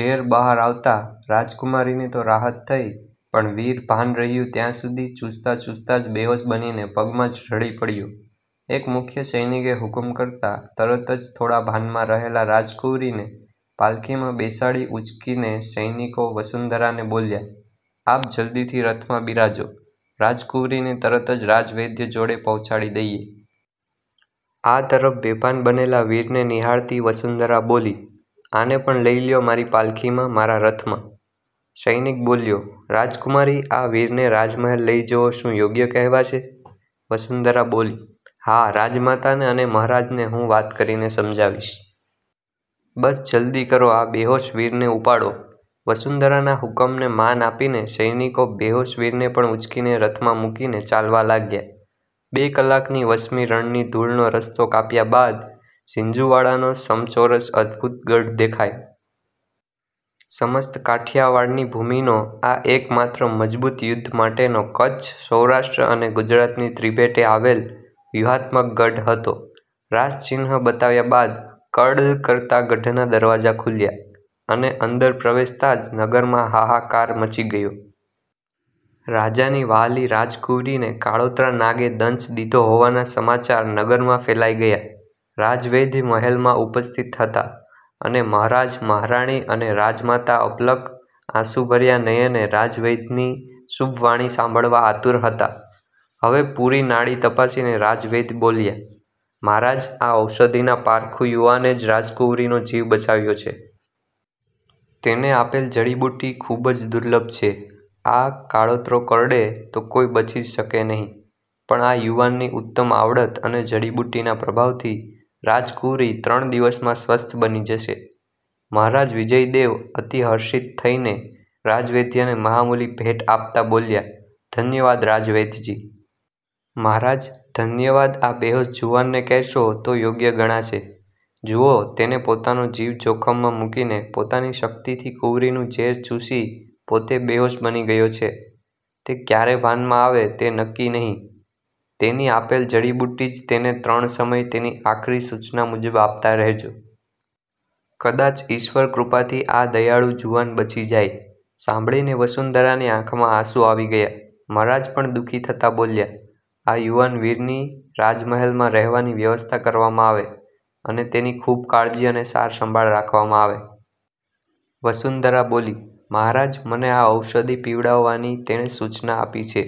ઝેર બહાર આવતાં રાજકુમારીને તો રાહત થઈ, પણ વીર ભાન રહ્યુ ત્યાં સુધી ચૂસતાં-ચૂસતાં જ બેહોશ બનીને પગમાં જ ઢળી પડ્યો. એક મુખ્ય સૈનિકે હુકમ કરતાં તરત જ થોડાં ભાનમાં રહેલાં રાજકુંવરીને પાલખીમાં બેસાડી ઉંચકીને સૈનિકો વસુંધરાને બોલ્યાં,"આપ જલ્દીથી રથમાં બિરાજો, રાજકુંવરીને તરત જ રાજવૈદ્ય જોડે પહોંચાડી દઈએ." આ તરફ બેભાન બનેલા વીરને નિહાળતી વસુંધરા બોલી,"આને પણ લઈ લ્યો મારી પાલખીમાં મારાં રથમાં." સૈનિક બોલ્યો,"રાજકુમારી આ વીરને રાજમહેલ લઈ જવો શું યોગ્ય કહેવાશે?" વસુંધરા બોલી,"હા રાજમાતાને અને મહારાજને હું વાત કરીને સમજાવીશ. બસ જલ્દી કરો આ બેહોશ વીરને ઉપાડો." વસુંધરાનાં હુકમને માન આપીને સૈનિકો બેહોશ વીરને પણ ઉંચકીને રથમાં મૂકીને ચાલવા લાગ્યાં. બે કલાકની વસમી રણની ધૂળનો રસ્તો કાપ્યા બાદ ઝીંઝુવાડાનો સમચોરસ અદભુત ગઢ દેખાય સમસ્ત કાઠિયાવાડની ભૂમિનો આ એકમાત્ર મજબૂત યુદ્ધ માટેનો કચ્છ, સૌરાષ્ટ્ર અને ગુજરાતની ત્રિભેટે આવેલ વ્યૂહાત્મક ગઢ હતો. રાજચિહ્ન બતાવ્યા બાદ કડડડ કરતાં ગઢનાં દરવાજા ખુલ્યાં, અને અંદર પ્રવેશતાં જ નગરમાં હાહાકાર મચી ગયો. રાજાની વ્હાલી રાજકુંવરીને કાળોતરા નાગે દંશ દીધો હોવાના સમાચાર નગરમાં ફેલાઈ ગયાં. રાજવૈદ્ય મહેલમાં ઉપસ્થિત હતાં, અને મહારાજ, મહારાણી, અને રાજમાતાં અપલક આસુંભર્યા નયને રાજવૈદ્યની શુભવાણી સાંભળવા આતુર હતાં. હવે પુરી નાડી તપાસીને રાજવૈદ્ય બોલ્યાં,"મહારાજ આ ઔષઘીના પારખું યુવાને જ રાજકુંવરીનો જીવ બચાવ્યો છે. તેને આપેલ જડીબુટ્ટી ખુબ જ દુર્લભ છે. આ કાળોતરો કરડે તો કોઈ બચી જ શકે નહીં, પણ આ યુવાનની ઉત્તમ આવડત અને જડીબુટ્ટીના પ્રભાવથી રાજકુંવરી ત્રણ દિવસમાં સ્વસ્થ બની જશે." મહારાજ વિજયદેવ અતિ હર્ષિત થઈને રાજવૈદ્યને મહામૂલી ભેટ આપતાં બોલ્યાં,"ધન્યવાદ રાજવૈદ્યજી." મહારાજ ધન્યવાદ આ બેહોશ જુવાનને કહેશો તો યોગ્ય ગણાશે. જુવો તેને પોતાનો જીવ જોખમમાં મૂકીને પોતાની શક્તિથી કુંવરીનું ઝેર ચૂસી પોતે બેહોશ બની ગયો છે. તે કયારે ભાનમાં આવે તે નકકી નહીં. તેની આપેલ જડીબુટ્ટી જ તેને ત્રણ સમય તેની આખરી સૂચના મુજબ આપતાં રહેજો. કદાચ ઈશ્વરકૃપાથી આ દયાળુ જુવાન બચી જાય." સાંભળીને વસુંધરાની આંખમાં આંસું આવી ગયાં. મહારાજ પણ દુખી થતાં બોલ્યાં,"આ યુવાન વીરની રાજમહેલમાં રહેવાની વ્યવસ્થા કરવામાં આવે, અને તેની ખુબ કાળજી અને સાર સંભાળ રાખવામાં આવે." વસુંધરા બોલી,"મહારાજ મને આ ઔષધિ પીવડાવવાની તેણે સૂચના આપી છે.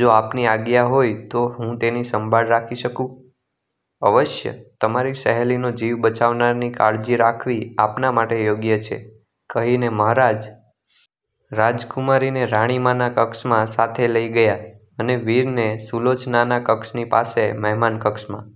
જો આપની આજ્ઞા હોય તો હું તેની સંભાળ રાખી શકું?" "અવશ્ય. તમારી સહેલીનો જીવ બચાવનારની કાળજી રાખવી આપના માટે યોગ્ય છે." કહીને મહારાજ રાજકુમારીને રાણીમાના કક્ષમાં સાથે લઈ ગયાં અને વીરને સુલોચનાના કક્ષની પાસે મહેમાન કક્ષમાં